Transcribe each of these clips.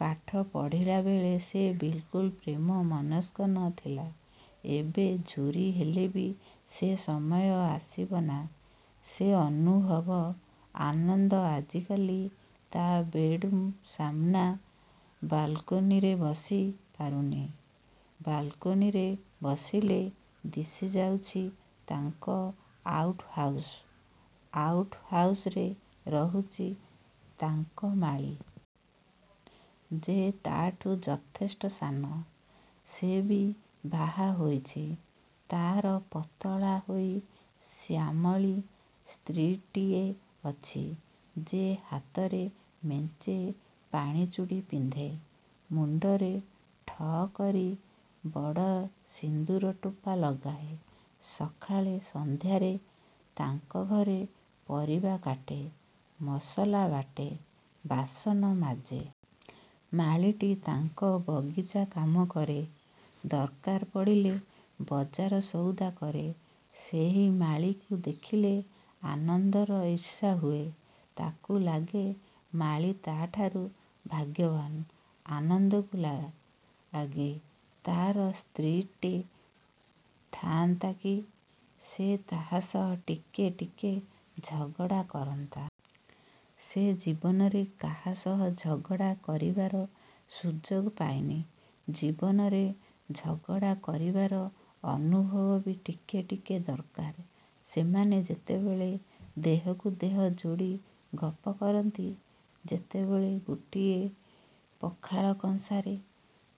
ପାଠ ପଢ଼ିଲାବେଳେ ସେ ବିଲ୍କୁଲ୍ ପ୍ରେମ ମନସ୍କ ନ ଥିଲା। ଏବେ ଝୁରି ହେଲେବି ସେ ସମୟ ଆସିବ ନା ସେ ଅନୁଭବ। ଆନନ୍ଦ ଆଜିକାଲି ତା ବେଡ୍ରୁମ୍ ସାମ୍ନା ବାଲକୋନିରେ ବସି ପାରୁନି। ବାଲକୋନିରେ ବସିଲେ ଦିଶିଯାଉଛି ତାଙ୍କ ଆଉଟ୍ ହାଉସ୍। ଆଉଟ୍ ହାଉସରେ ରହୁଛି ତାଙ୍କ ମାଳି। ଯେ ତା'ଠୁ ଯଥେଷ୍ଟ ସାନ। ସେ ବି ବାହା ହୋଇଛି। ତା'ର ପତଳୀ ହୋଇ ଶ୍ୟାମଳୀ ସ୍ତ୍ରୀଟିଏ ଅଛି। ଯେ ହାତରେ ମେଞ୍ଚେ ପାଣିଚୂଡ଼ି ପିନ୍ଧେ, ମୁଣ୍ଡରେ 'ଠ' କରି ବଡ଼ ସିନ୍ଦୁର ଟୋପା ଲଗାଏ। ସକାଳେ ସଂଧ୍ୟାରେ ତାଙ୍କ ଘରେ ପରିବା କାଟେ, ମସଲା ବାଟେ, ବାସନ ମାଜେ। ମାଳିଟି ତାଙ୍କ ବଗିଚା କାମ କରେ ଦରକାର ପଡ଼ିଲେ ବଜାର ସଉଦା କରେ। ସେହି ମାଳିକୁ ଦେଖିଲେ ଆନନ୍ଦର ଇର୍ଷା ହୁଏ। ତା'କୁ ଲାଗେ ମାଳି ତା'ଠାରୁ ଭାଗ୍ୟବାନ। ଆନନ୍ଦକୁ ଲାଗେ ତା'ର ସ୍ତ୍ରୀଟେ ଥା'ନ୍ତାକି ସେ ତାହା ସହ ଟିକେ ଟିକେ ଝଗଡ଼ା କରନ୍ତା। ସେ ଜୀବନରେ କାହା ସହ ଝଗଡ଼ା କରିବାର ସୁଯୋଗ ପାଇନି। ଜୀବନରେ ଝଗଡ଼ା କରିବାର ଅନୁଭବ ବି ଟିକେ ଟିକେ ଦରକାର। ସେମାନେ ଯେତେବେଳେ ଦେହକୁ ଦେହ ଯୋଡ଼ି ଗପ କରନ୍ତି। ଯେତେବେଳେ ଗୋଟିଏ ପଖାଳ କଂସାରେ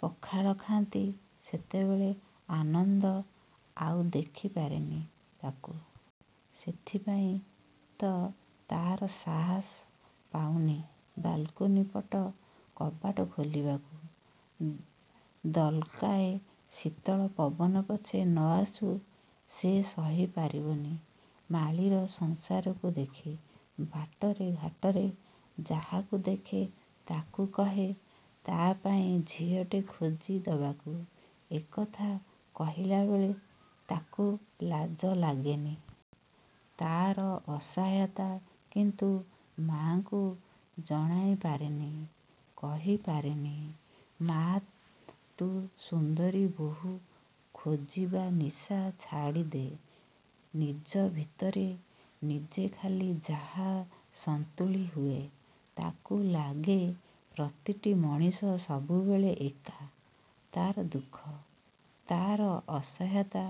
ପଖାଳ ଖା'ନ୍ତି, ସେତେବେଳେ ଆନନ୍ଦ ଆଉ ଦେଖିପାରେନି ତାଙ୍କୁ। ସେଥିପାଇଁ ତ ତା'ର ସାହସ ପାଉନି ବାଲକୋନି ପଟ କବାଟ ଖୋଲିବାକୁ। ଦଲକାଏ ଶୀତଳ ପବନ ପଛେ ନ ଆସୁ ସେ ସହିପାରିବନି ମାଳିର ସଂସାରକୁ ଦେଖି। ବାଟରେ ଘାଟରେ ଯାହାକୁ ଦେଖେ ତାକୁ କହେ ତା'ପାଇଁ ଝିଅଟେ ଖୋଜି ଦେବାକୁ। ଏକଥା କହିଲାବେଳେ ତାକୁ ଲାଜ ଲାଗେନି। ତା'ର ଅସହାୟତା କିନ୍ତୁ ମା'କୁ ଜଣାଇପାରେନି, କହିପାରେନି- 'ମା' ତୁ ସୁନ୍ଦରୀ ବୋହୂ ଖୋଜିବା ନିଶା ଛାଡ଼ିଦେ। ' ନିଜ ଭିତରେ ନିଜେ ଖାଲି ଯାହା ସନ୍ତୁଳି ହୁଏ। ତାକୁ ଲାଗେ ପ୍ରତିଟି ମଣିଷ ସବୁବେଳେ ଏକ୍ଲା। ତା'ର ଦୁଃଖ, ତା'ର ଅସହାୟତା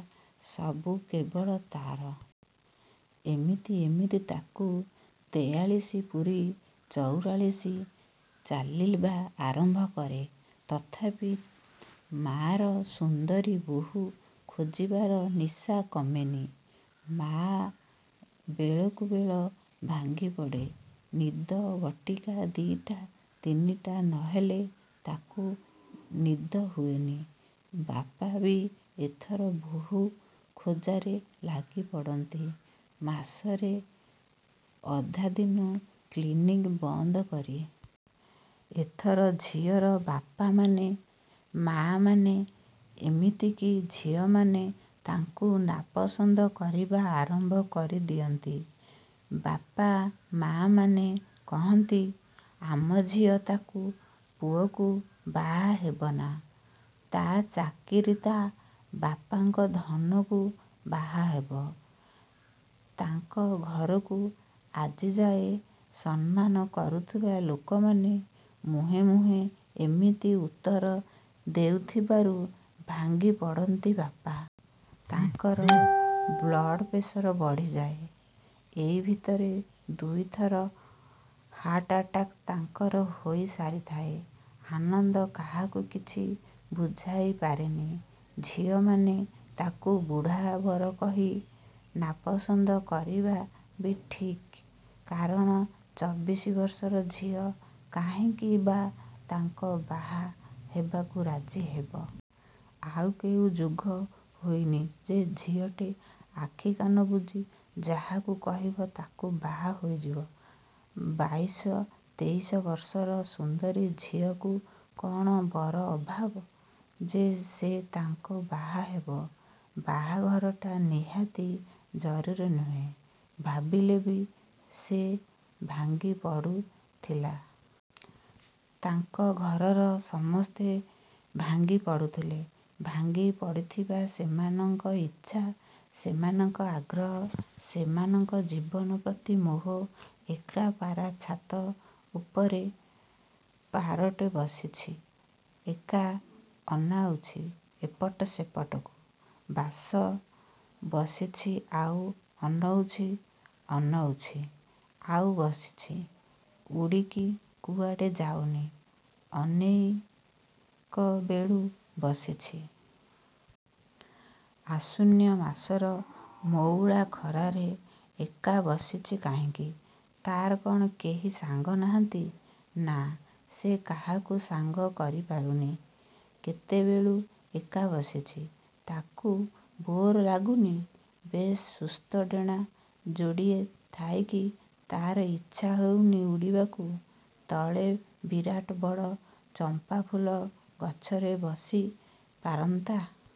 ସବୁ କେବଳ ତା'ର। ଏମିତି ଏମିତି ତାକୁ ତେୟାଳିଶ ପୁରି ଚଉରାଳିଶ ଚାଲିବା ଆରମ୍ଭ କରେ। ତଥାପି ମା'ର ସୁନ୍ଦରୀ ବୋହୂ ଖୋଜିବାର ନିଶା କମେନି। ମା' ବେଳକୁ ବେଳ ଭାଙ୍ଗିପଡ଼େ ନିଦ ବଟିକା ଦି'ଟା ତିନିଟା ନ ହେଲେ ତାକୁ ନିଦ ହୁଏନି। ବାପା ବି ଏଥର ବୋହୂ ଖୋଜାରେ ଲାଗିପଡ଼ନ୍ତି ମାସରେ ଅଧାଦିନ କ୍ଲିନିକ୍ ବନ୍ଦ କରି। ଏଥର ଝିଅର ବାପାମାନେ, ମା' ମାନେ ଏମିତିକି ଝିଅମାନେ ତାକୁ ନାପସନ୍ଦ କରିବା ଆରମ୍ଭ କରିଦିଅନ୍ତି। ବାପା ମା'ମାନେ କହନ୍ତି, ''ଆମ ଝିଅ ତାଙ୍କ ପୁଅକୁ ବାହା ହେବନା, ତା' ଚାକିରୀ ତା' ବାପାର ଧନକୁ ବାହାହେବ। '' ତାଙ୍କ ଘରକୁ ଆଜିଯାଏ ସମ୍ମାନ କରୁଥିବା ଲୋକମାନେ ମୁହେଁ ମୁହେଁ ଏମିତି ଉତ୍ତର ଦେଉଥିବାରୁ ଭାଙ୍ଗିପଡ଼ନ୍ତି ବାପା। ତାଙ୍କର ବ୍ଲଡପ୍ରେସର୍ ବଢ଼ିଯାଏ। ଏଇ ଭିତରେ ଦୁଇଥର ହାଟ୍ଆଟାକ୍ ତାଙ୍କର ହୋଇ ସାରିଥାଏ। ଆନନ୍ଦ କାହାକୁ କିଛି ବୁଝାଇପାରେନି, ଝିଅମାନେ ତାକୁ ବୁଢ଼ା ବର କହି ନାପସନ୍ଦ କରିବା ବି ଠିକ୍। କାରଣ ଚବିଶ ବର୍ଷର ଝିଅ କାହିଁକି ବା ତାକୁ ବାହା ହେବାକୁ ରାଜି ହେବ। ଆଉ କେଉଁ ଯୁଗ ହୋଇନି ଯେ ଝିଅଟେ ଆଖିକାନ ବୁଜି ଯାହାକୁ କହିବ ତା'କୁ ବାହା ହୋଇଯିବ। ବାଇଶ ତେଇଶ ବର୍ଷର ସୁନ୍ଦରୀ ଝିଅକୁ କ'ଣ ବର ଅଭାବ ଯେ' ସେ ତାକୁ ବାହା ହେବ-। ବାହାଘରଟା ନିହାତି ଜରୁରୀ ନୁହେଁ, ଭାବିଲେ ବି ସେ ଭାଙ୍ଗି ପଡ଼ୁଥିଲା। ତାଙ୍କ ଘରର ସମସ୍ତେ ଭାଙ୍ଗି ପଡ଼ୁଥିଲେ। ଭାଙ୍ଗିପଡ଼ୁଥିଲା ସେମାନଙ୍କ ଇଚ୍ଛା, ସେମାନଙ୍କ ଆଗ୍ରହ, ସେମାନଙ୍କ ଜୀବନ ପ୍ରତି ମୋହ। ଏକ୍ଲା ପାରା ଛାତ ଉପରେ ପାରାଟେ ବସିଛି। ଏକ୍ଲା। ଅନଉଛି ଏପଟ। ସେପଟକୁ। ବାସ୍, ବସିଛି ଆଉ ଅନଉଛି, ଅନଉଛି ଆଉ ବସିଛି। ଉଡ଼ିକି କୁଆଡ଼େ ଯାଉନି ଅନେକବେଳୁ ବସିଛି। ଆଶ୍ୱିନମାସର ମଉଳା ଖରାରେ ଏକ୍ଲା ବସିଛି କାହିଁକି? ତା'ର କ'ଣ କେହି ସାଙ୍ଗ ନାହାଁନ୍ତି। ନା, ସେ କାହାକୁ ସାଙ୍ଗ କରିପାରୁନି! କେତେବେଳୁ ଏକ୍ଲା ବସିଛି। ତାକୁ ବୋର ଲାଗୁନି! ବେଶ୍ ସୁସ୍ଥ ଡେଣା ଯୋଡ଼ିଏ ଥାଇକି ତା'ର ଇଚ୍ଛା ହେଉନି ଉଡ଼ିବାକୁ! ତଳେ ବିରାଟ ବଡ଼ ଚମ୍ପା ଫୁଲ ଗଛରେ ବସି ପାରନ୍ତା।